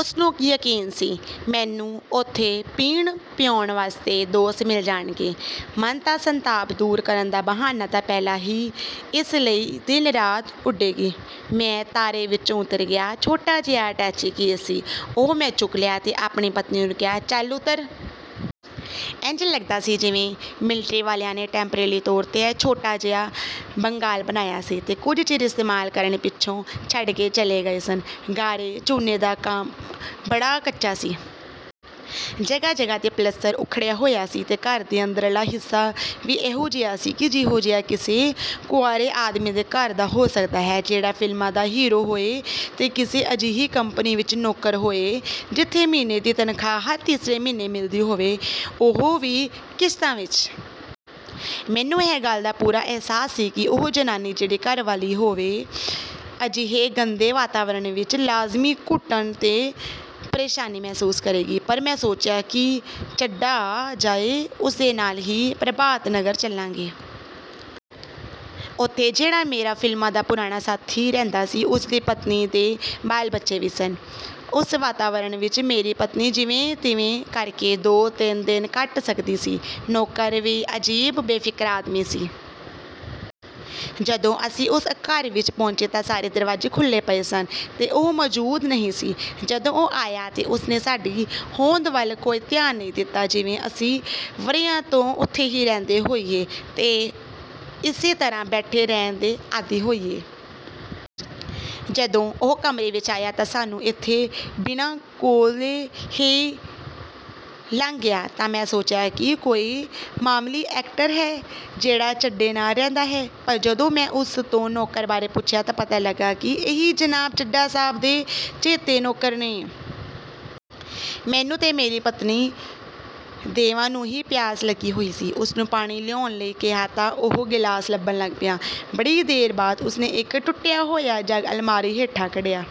ਉਸਨੂੰ ਯਕੀਨ ਸੀ, ਮੈਨੂੰ ਉੱਥੇ ਪੀਣ-ਪਿਆਉਣ ਵਾਸਤੇ ਦੋਸਤ ਮਿਲ ਜਾਣਗੇ। ਮਨ ਦਾ ਸੰਤਾਪ ਦੂਰ ਕਰਨ ਦਾ ਬਹਾਨਾ ਤਾਂ ਪਹਿਲਾਂ ਹੀ ਇਸ ਲਈ ਦਿਨ ਰਾਤ ਉੱਡੇਗੀ। ਮੈਂ ਤਾਂਰੇ ਵਿਚੋਂ ਉਤਰ ਗਿਆ। ਛੋਟਾ ਜਿਹਾ ਅਟੈਚੀ ਕੇਸ ਸੀ, ਉਹ ਮੈਂ ਚੁੱਕ ਲਿਆ ਤੇ ਆਪਣੀ ਪਤਨੀ ਨੂੰ ਕਿਹਾ, "ਚੱਲ ਉਤਰ! ਇੰਜ ਲੱਗਦਾ ਸੀ ਜਿਵੇਂ ਮਿਲਟਰੀ ਵਾਲਿਆਂ ਨੇ ਟੈਂਪਰੇਲੀ ਤੌਰ 'ਤੇ ਇਹ ਛੋਟਾ ਜਿਹਾ ਬੰਗਾਲ ਬਣਾਇਆ ਸੀ ਤੇ ਕੁਝ ਚਿਰ ਇਸਤੇਮਾਲ ਕਰਨ ਪਿੱਛੋਂ ਛੱਡ ਕੇ ਚਲੇ ਗਏ ਸਨ। ਗਾਰੇ-ਚੂਨੇ ਦਾ ਕੰਮ ਬੜਾ ਕੱਚਾ ਸੀ। ਜਗ੍ਹਾ-ਜਗ੍ਹਾ ਤੋਂ ਪਲਸਤਰ ਉੱਖੜਿਆ ਹੋਇਆ ਸੀ ਤੇ ਘਰ ਦੇ ਅੰਦਰਲਾ ਹਿੱਸਾ ਵੀ ਓਹੋ-ਜਿਹਾ ਹੀ ਸੀ ਜਿਹੋ-ਜਿਹਾ ਕਿਸੇ ਕੁਆਰੇ ਆਦਮੀ ਦੇ ਘਰ ਦਾ ਹੋ ਸਕਦਾ ਹੈ, ਜਿਹੜਾ ਫ਼ਿਲਮਾਂ ਦਾ ਹੀਰੋ ਹੋਏ ਤੇ ਕਿਸੇ ਅਜਿਹੀ ਕੰਪਨੀ ਵਿਚ ਨੌਕਰ ਹੋਏ, ਜਿੱਥੇ ਮਹੀਨੇ ਦੀ ਤਨਖ਼ਾਹ ਹਰ ਤੀਸਰੇ ਮਹੀਨੇ ਮਿਲਦੀ ਹੋਏ ਤੇ ਉਹ ਵੀ ਕਿਸ਼ਤਾਂ ਵਿਚ। ਮੈਨੂੰ ਇਸ ਗੱਲ ਦਾ ਪੂਰਾ ਅਹਿਸਾਸ ਸੀ ਕਿ ਉਹ ਜ਼ਨਾਨੀ ਜਿਹੜੀ ਘਰਵਾਲੀ ਹੋਏ ਅਜਿਹੇ ਗੰਦੇ ਵਾਤਾਵਰਣ ਵਿਚ ਲਾਜ਼ਮੀਂ ਘੁਟਨ ਤੇ ਪ੍ਰੇਸ਼ਾਨੀ ਮਹਿਸੂਸ ਕਰੇਗੀ। ਪਰ ਮੈਂ ਸੋਚਿਆ ਸੀ ਕਿ ਚੱਡਾ ਆ ਜਾਏ ਤਾਂ ਉਸਦੇ ਨਾਲ ਹੀ ਪ੍ਰਭਾਤ ਨਗਰ ਚੱਲਾਂਗੇ। ਉੱਥੇ ਜਿਹੜਾ ਮੇਰਾ ਫ਼ਿਲਮਾਂ ਦਾ ਪੁਰਾਣਾ ਸਾਥੀ ਰਹਿੰਦਾ ਸੀ, ਉਸਦੀ ਪਤਨੀ ਤੇ ਬਾਲ-ਬੱਚੇ ਵੀ ਸਨ। ਉਸ ਵਾਤਾਵਾਰਣ ਵਿਚ ਮੇਰੀ ਪਤਨੀ ਜਿਵੇਂ-ਤਿਵੇਂ ਕਰਕੇ ਦੋ-ਤਿੰਨ ਦਿਨ ਕੱਟ ਸਕਦੀ ਸੀ। ਨੌਕਰ ਵੀ ਅਜੀਬ ਬੇਫਿਕਰਾ ਆਦਮੀ ਸੀ। ਜਦੋਂ ਅਸੀਂ ਉਸ ਘਰ ਵਿਚ ਪਹੁੰਚੇ ਤਾਂ ਸਾਰੇ ਦਰਵਾਜ਼ੇ ਖੁੱਲ੍ਹੇ ਪਏ ਸਨ ਤੇ ਉਹ ਮੌਜ਼ੂਦ ਨਹੀਂ ਸੀ। ਜਦੋਂ ਉਹ ਆਇਆ ਤਾਂ ਉਸਨੇ ਸਾਡੀ ਹੋਂਦ ਵੱਲ ਕੋਈ ਧਿਆਨ ਹੀ ਨਾ ਦਿੱਤਾ, ਜਿਵੇਂ ਅਸੀਂ ਵਰ੍ਹਿਆਂ ਤੋਂ ਉੱਥੇ ਹੀ ਰਹਿੰਦੇ ਹੋਈਏ ਤੇ ਇਸੇ ਤਰ੍ਹਾਂ ਬੈਠੇ ਰਹਿਣ ਦੇ ਆਦੀ ਹੋਈਏ। ਜਦੋਂ ਉਹ ਕਮਰੇ ਵਿਚ ਆਇਆ ਤੇ ਸਾਨੂੰ ਏਥੇ ਬਿਨਾਂ ਕੋਲੇਂ ਹੀ ਲੰਘ ਗਿਆ ਤਾਂ ਮੈਂ ਸੋਚਿਆ ਕਿ ਕੋਈ ਮਾਮੂਲੀ ਐਕਟਰ ਹੈ, ਜਿਹੜਾ ਚੱਡੇ ਨਾਲ ਰਹਿੰਦਾ ਹੈ। ਪਰ ਜਦੋਂ ਮੈਂ ਉਸ ਤੋਂ ਨੌਕਰ ਬਾਰੇ ਪੁੱਛਿਆ ਤਾਂ ਪਤਾ ਲੱਗਿਆ ਕਿ ਇਹੀ ਜਨਾਬ, ਚੱਡਾ ਸਾਹਬ ਦੇ ਚਹੇਤੇ ਨੌਕਰ ਨੇ। ਮੈਨੂੰ ਤੇ ਮੇਰੀ ਪਤਨੀ ਦੇਵਾਂ ਨੂੰ ਹੀ ਪਿਆਸ ਲੱਗੀ ਹੋਈ ਸੀ। ਉਸਨੂੰ ਪਾਣੀ ਲਿਆਉਣ ਲਈ ਕਿਹਾ ਤਾਂ ਉਹ ਗ਼ਲਾਸ ਲੱਭਣ ਲੱਗ ਪਿਆ। ਬੜੀ ਦੇਰ ਬਾਅਦ ਉਸਨੇ ਇਕ ਟੁੱਟਿਆ ਹੋਇਆ ਜੱਗ ਅਲਮਾਰੀ ਹੇਠਾਂ ਕੱਢਿਆ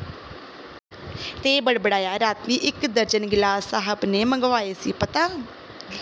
ਤੇ ਬੜਬੜਾਇਆ, "ਰਾਤੀਂ ਇਕ ਦਰਜਨ ਗ਼ਿਲਾਸ ਸਾਹਬ ਨੇ ਮੰਗਵਾਏ ਸੀ, ਪਤਾ